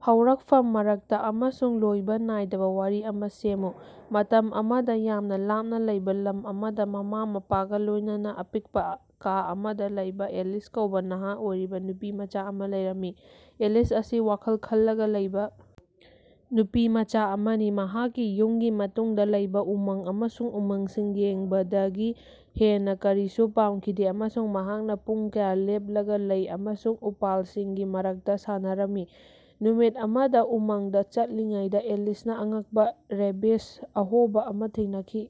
ꯍꯧꯔꯛꯐꯝ ꯃꯔꯛꯇ ꯑꯃꯁꯨꯡ ꯂꯣꯏꯕ ꯅꯥꯏꯗꯕ ꯋꯥꯔꯤ ꯑꯃ ꯁꯦꯝꯃꯨ꯫ ꯃꯇꯝ ꯑꯃꯗ ꯌꯥꯝꯅ ꯂꯥꯞꯅ ꯂꯩꯕ ꯂꯝ ꯑꯃꯗ ꯃꯃꯥ-ꯃꯄꯥꯒ ꯂꯣꯢꯅꯅꯥ ꯑꯄꯤꯛꯄꯥ ꯀꯥ ꯑꯃꯗ ꯂꯩꯕꯥ ꯑꯦꯂꯤꯁ ꯀꯧꯕꯥ ꯅꯍꯥ ꯑꯣꯏꯔꯤꯕ ꯅꯨꯄꯤꯃꯆꯥ ꯑꯃ ꯂꯩꯔꯝꯃꯤ꯫ ꯑꯦꯂꯤꯁ ꯑꯁꯤ ꯋꯥꯈꯜ ꯈꯜꯂꯒ ꯂꯩꯕ ꯅꯨꯄꯤꯃꯆꯥ ꯑꯃꯅꯤ ꯃꯍꯥꯛꯀꯤ ꯌꯨꯝꯒꯤ ꯃꯇꯨꯡꯗ ꯂꯩꯕꯥ ꯎꯃꯪ ꯑꯃꯁꯨꯡ ꯎꯃꯪꯁꯤꯡ ꯌꯦꯡꯕꯗꯒꯤ ꯍꯦꯟꯅ ꯀꯔꯤꯁꯨ ꯄꯥꯝꯈꯤꯗꯦ ꯑꯃꯁꯨꯡ ꯃꯍꯥꯛꯅ ꯄꯨꯡ ꯀꯌꯥ ꯂꯦꯞꯂꯒ ꯂꯩ ꯑꯃꯁꯨꯡ ꯎꯄꯥꯜꯁꯤꯡꯒꯤ ꯃꯔꯛꯇ ꯁꯥꯟꯅꯔꯝꯃꯤ꯫ ꯅꯨꯃꯤꯠ ꯑꯃꯗ ꯎꯃꯪꯗ ꯆꯠꯂꯤꯉꯩꯗ ꯑꯦꯂꯤꯁꯅ ꯑꯉꯛꯄ ꯔꯦꯕꯤꯖ ꯑꯍꯣꯕ ꯑꯃ ꯊꯦꯡꯅꯈꯤ꯫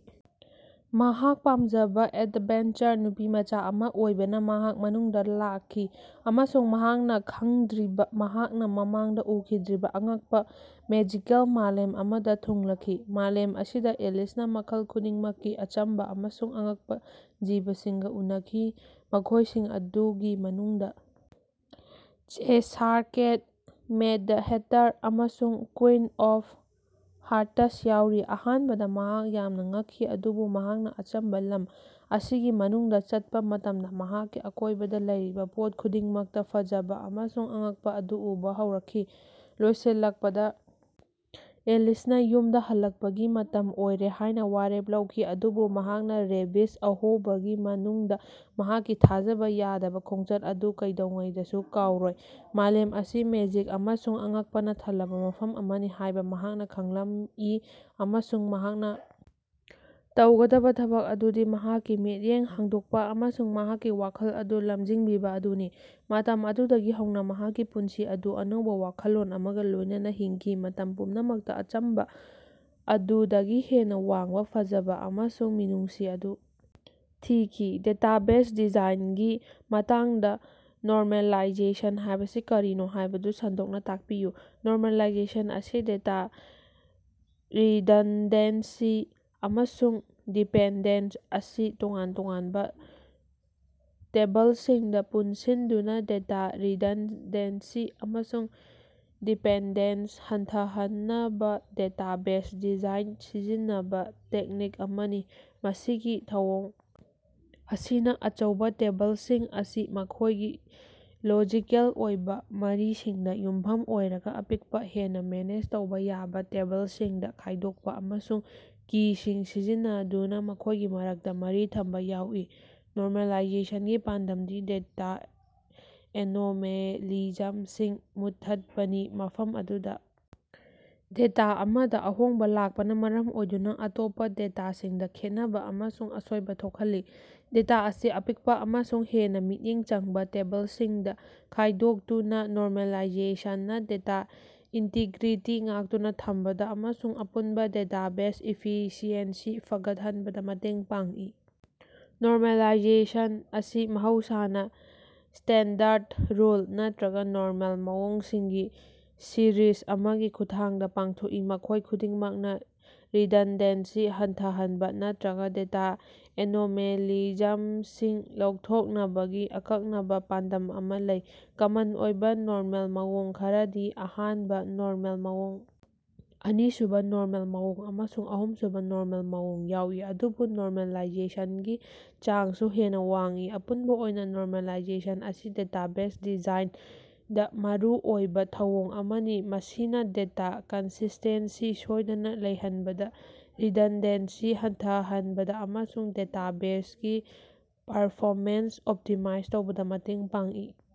ꯃꯍꯥꯛ ꯄꯥꯝꯖꯕ ꯑꯦꯗꯚꯦꯟꯆꯔ ꯅꯨꯄꯤꯃꯆꯥ ꯑꯃ ꯑꯣꯏꯕꯅ ꯃꯍꯥꯛ ꯃꯅꯨꯡꯗ ꯂꯥꯛꯈꯤ ꯑꯃꯁꯨꯡ ꯃꯍꯥꯛꯅ ꯈꯡꯗ꯭ꯔꯤꯕ ꯃꯍꯥꯛꯅ ꯃꯃꯥꯡꯗ ꯎꯈꯤꯗ꯭ꯔꯤꯕ ꯑꯉꯛꯄꯥ ꯃꯦꯖꯤꯀꯦꯜ ꯃꯥꯂꯦꯝ ꯑꯃꯗ ꯊꯨꯡꯂꯈꯤ꯫ ꯃꯥꯂꯦꯝ ꯑꯁꯤꯗ ꯑꯦꯂꯤꯁꯅ ꯃꯈꯜ ꯈꯨꯗꯤꯡꯃꯛꯀꯤ ꯑꯆꯝꯕ ꯑꯃꯁꯨꯡ ꯑꯉꯛꯄ ꯖꯤꯕꯁꯤꯡꯒꯥ ꯎꯅꯈꯤ ꯃꯈꯣꯢꯁꯤꯡ ꯑꯗꯨꯒꯤ ꯃꯅꯨꯡꯗ ꯆꯦꯁꯥꯔ ꯀꯦꯠ, ꯃꯦꯗ ꯍꯦꯇꯔ ꯑꯃꯁꯨꯡ ꯀꯨꯏꯟ ꯑꯣꯐ ꯍꯥꯔꯇꯁ ꯌꯥꯎꯔꯤ꯫ ꯑꯍꯥꯟꯕꯗ ꯃꯍꯥꯛ ꯌꯥꯝꯅ ꯉꯛꯈꯤ ꯑꯗꯨꯕꯨ ꯃꯍꯥꯛꯅ ꯑꯆꯝꯕꯥ ꯂꯝ ꯑꯁꯤꯒꯤ ꯃꯅꯨꯡꯗ ꯆꯠꯄꯥ ꯃꯇꯝꯗ ꯃꯍꯥꯛꯀꯤ ꯑꯀꯣꯢꯕꯗ ꯂꯩꯔꯤꯕ ꯄꯣꯠ ꯈꯨꯗꯤꯡꯃꯛꯇ ꯐꯖꯕ ꯑꯃꯁꯨꯡ ꯑꯉꯛꯄ ꯑꯗꯨ ꯎꯕ ꯍꯧꯔꯛꯈꯤ꯫ ꯂꯣꯏꯁꯤꯜꯂꯛꯄꯗ ꯑꯦꯂꯤꯁꯅ ꯌꯨꯝꯗ ꯍꯜꯂꯛꯄꯒꯤ ꯃꯇꯝ ꯑꯣꯏꯔꯦ ꯍꯥꯢꯅ ꯋꯥꯔꯦꯞ ꯂꯧꯈꯤ ꯑꯗꯨꯕꯨ ꯃꯍꯥꯛꯅ ꯔꯦꯕꯤꯖ ꯑꯍꯣꯕꯒꯤ ꯃꯅꯨꯡꯗ ꯃꯍꯥꯛꯀꯤ ꯊꯥꯖꯕ ꯌꯥꯗꯕ ꯈꯣꯡꯆꯠ ꯑꯗꯨ ꯀꯩꯗꯧꯉꯩꯗꯁꯨ ꯀꯥꯎꯔꯣꯏ꯫ ꯃꯥꯂꯦꯝ ꯑꯁꯤ ꯃꯦꯖꯤꯛ ꯑꯃꯁꯨꯡ ꯑꯉꯛꯄꯅ ꯊꯜꯂꯕ ꯃꯐꯝ ꯑꯃꯅꯤ ꯍꯥꯢꯕ ꯃꯍꯥꯛꯅ ꯈꯡꯂꯝꯏ ꯑꯃꯁꯨꯡ ꯃꯍꯥꯛꯅ ꯇꯧꯒꯗꯕ ꯊꯕꯛ ꯑꯗꯨꯗꯤ ꯃꯍꯥꯛꯀꯤ ꯃꯤꯠꯌꯦꯡ ꯍꯥꯡꯗꯣꯛꯄ ꯑꯃꯁꯨꯡ ꯃꯍꯥꯛꯀꯤ ꯋꯥꯈꯜ ꯑꯗꯨ ꯂꯝꯖꯤꯡꯕꯤꯕ ꯑꯗꯨꯅꯤ꯫ ꯃꯇꯝ ꯑꯗꯨꯗꯒꯤ ꯍꯧꯅ ꯃꯍꯥꯛꯀꯤ ꯄꯨꯟꯁꯤ ꯑꯗꯨ ꯑꯅꯧꯕ ꯋꯥꯈꯜꯂꯣꯟ ꯑꯃꯒ ꯂꯣꯢꯅꯅꯥ ꯍꯤꯡꯈꯤ ꯃꯇꯝ ꯄꯨꯝꯅꯃꯛꯇ ꯑꯆꯝꯕ ꯑꯗꯨꯗꯒꯤ ꯍꯦꯟꯅ ꯋꯥꯡꯕ ꯐꯖꯕ ꯑꯃꯁꯨꯡ ꯃꯤꯅꯨꯡꯁꯤ ꯑꯗꯨ ꯊꯤꯈꯤ꯫ ꯗꯦꯇꯥꯕꯦꯖ ꯗꯤꯖꯥꯏꯟꯒꯤ ꯃꯇꯥꯡꯗ ꯅꯣꯔꯃꯦꯂꯥꯏꯖꯦꯁꯟ ꯍꯥꯢꯕꯁꯤ ꯀꯔꯤꯅꯣ ꯍꯥꯢꯕꯗꯨ ꯁꯟꯗꯣꯛꯅ ꯇꯥꯛꯄꯤꯌꯨ꯫ ꯅꯣꯔꯃꯦꯂꯥꯏꯖꯦꯁꯟ ꯑꯁꯤ ꯗꯦꯇꯥ ꯔꯤꯗꯟꯗꯦꯟꯁꯤ ꯑꯃꯁꯨꯡ ꯗꯤꯄꯦꯟꯗꯦꯟꯁ ꯑꯁꯤ ꯇꯣꯉꯥꯟ ꯇꯣꯉꯥꯟꯕ ꯇꯦꯕꯜꯁꯤꯡꯗ ꯄꯨꯟꯁꯤꯟꯗꯨꯅ ꯗꯦꯇꯥ ꯔꯤꯗꯟꯗꯦꯟꯁꯤ ꯑꯃꯁꯨꯡ ꯗꯤꯄꯦꯟꯗꯦꯟꯁ ꯍꯟꯊꯍꯟꯅꯕ ꯗꯦꯇꯥꯕꯦꯖ ꯗꯤꯖꯥꯏꯟꯗ ꯁꯤꯖꯤꯟꯅꯕ ꯇꯦꯛꯅꯤꯛ ꯑꯃꯅꯤ꯫ ꯃꯁꯤꯒꯤ ꯊꯧꯑꯣꯡ ꯑꯁꯤꯅ ꯑꯆꯧꯕꯥ ꯇꯦꯕꯜꯁꯤꯡ ꯑꯁꯤ ꯃꯈꯣꯢꯒꯤ ꯂꯣꯖꯤꯀꯦꯜ ꯑꯣꯏꯕ ꯃꯔꯤꯁꯤꯡꯗ ꯌꯨꯝꯐꯝ ꯑꯣꯏꯔꯒ ꯑꯄꯤꯛꯄ ꯍꯦꯟꯅ ꯃꯦꯅꯦꯖ ꯇꯧꯕꯥ ꯌꯥꯕ ꯇꯦꯕꯜꯁꯤꯡꯗ ꯈꯥꯢꯗꯣꯛꯄ ꯑꯃꯁꯨꯡ ꯀꯤ ꯁꯤꯡ ꯁꯤꯖꯤꯟꯅꯗꯨꯅ ꯃꯈꯣꯢꯒꯤ ꯃꯔꯛꯇ ꯃꯔꯤ ꯊꯝꯕ ꯌꯥꯎꯏ꯫ ꯅꯣꯔꯃꯦꯂꯥꯏꯖꯦꯁꯟꯒꯤ ꯄꯥꯟꯗꯝꯗꯤ ꯗꯦꯇꯥ ꯑꯦꯅꯣꯃꯦꯂꯤꯖꯝꯁꯤꯡ ꯃꯨꯠꯊꯠꯄꯅꯤ ꯃꯐꯝ ꯑꯗꯨꯗ ꯗꯦꯇꯥ ꯑꯃꯗ ꯑꯍꯣꯡꯕ ꯂꯥꯛꯄꯅ ꯃꯔꯝ ꯑꯣꯏꯗꯨꯅ ꯑꯇꯣꯞꯄ ꯗꯦꯇꯥꯁꯤꯡꯗ ꯈꯦꯠꯅꯕ ꯑꯃꯁꯨꯡ ꯑꯁꯣꯏꯕ ꯊꯣꯛꯍꯜꯂꯤ꯫ ꯗꯦꯇꯥ ꯑꯁꯤ ꯑꯄꯤꯛꯄ ꯑꯃꯁꯨꯡ ꯍꯦꯟꯅ ꯃꯤꯠꯌꯦꯡ ꯆꯪꯕ ꯇꯦꯕꯜꯁꯤꯡꯗ ꯈꯥꯢꯗꯣꯛꯇꯨꯅ ꯅꯣꯔꯃꯦꯂꯥꯏꯖꯦꯁꯟꯅ ꯗꯦꯇꯥ ꯏꯟꯇꯤꯒ꯭ꯔꯤꯇꯤ ꯉꯥꯛꯇꯨꯅ ꯊꯝꯕꯗ ꯑꯃꯁꯨꯡ ꯑꯄꯨꯟꯕ ꯗꯦꯇꯥꯕꯦꯖ ꯏꯐꯤꯁꯤꯑꯦꯟꯁꯤ ꯐꯒꯠꯍꯟꯕꯗ ꯃꯇꯦꯡ ꯄꯥꯡꯏ꯫ ꯅꯣꯔꯃꯦꯂꯥꯏꯖꯦꯁꯟ ꯑꯁꯤ ꯃꯍꯧꯁꯥꯅ ꯁ꯭ꯇꯦꯟꯗꯔꯗ ꯔꯨꯜ ꯅꯠꯇ꯭ꯔꯒ ꯅꯣꯔꯃꯦꯜ ꯃꯑꯣꯡ ꯁꯤꯡꯒꯤ ꯁꯤꯔꯤꯖ ꯑꯃꯒꯤ ꯈꯨꯠꯊꯥꯡꯗ ꯄꯥꯡꯊꯣꯛꯏ ꯃꯈꯣꯢ ꯈꯨꯗꯤꯡꯃꯛꯅ ꯔꯤꯗꯟꯗꯦꯟꯁꯤ ꯍꯟꯊꯍꯟꯕ ꯅꯠꯇ꯭ꯔꯒ ꯗꯦꯇꯥ ꯑꯦꯅꯣꯃꯦꯂꯤꯖꯝꯁꯤꯡ ꯂꯧꯊꯣꯛꯅꯕꯒꯤ ꯑꯀꯛꯅꯕ ꯄꯥꯟꯗꯝ ꯑꯃꯥ ꯂꯩ꯫ ꯀꯃꯟ ꯑꯣꯏꯕ ꯅꯣꯔꯃꯦꯜ ꯃꯑꯣꯡ ꯈꯔꯗꯤ ꯑꯍꯥꯟꯕ ꯅꯣꯔꯃꯦꯜ ꯃꯑꯣꯡ ꯑꯅꯤꯁꯨꯕ ꯅꯣꯔꯃꯦꯜ ꯃꯑꯣꯡ ꯑꯃꯁꯨꯡ ꯑꯍꯨꯝꯁꯨꯕ ꯅꯣꯔꯃꯦꯜ ꯃꯑꯣꯡ ꯌꯥꯎꯏ ꯑꯗꯨꯕꯨ ꯅꯣꯔꯃꯦꯂꯥꯏꯖꯦꯁꯟꯒꯤ ꯆꯥꯡꯁꯨ ꯍꯦꯟꯅ ꯋꯥꯡꯏ꯫ ꯑꯄꯨꯟꯕ ꯑꯣꯏꯅ ꯅꯣꯔꯃꯦꯂꯥꯏꯖꯦꯁꯟ ꯑꯁꯤ ꯗꯦꯇꯥꯕꯦꯖ ꯗꯤꯖꯥꯏꯟꯗ ꯃꯔꯨꯑꯣꯏꯕ ꯊꯧꯑꯣꯡ ꯑꯃꯅꯤ ꯃꯁꯤꯅ ꯗꯦꯇꯥ ꯀꯟꯁꯤꯁꯇꯦꯟꯁꯤ ꯁꯣꯢꯗꯅ ꯂꯩꯍꯟꯕꯗ ꯔꯤꯗꯟꯗꯦꯟꯁꯤ ꯍꯟꯊꯍꯟꯕꯗ ꯑꯃꯁꯨꯡ ꯗꯦꯇꯥꯕꯦꯖꯒꯤ ꯄꯔꯐꯣꯃꯦꯟꯁ ꯑꯣꯞꯇꯤꯃꯥꯏꯖ ꯇꯧꯕꯗ ꯃꯇꯦꯡ ꯄꯥꯡꯏ꯫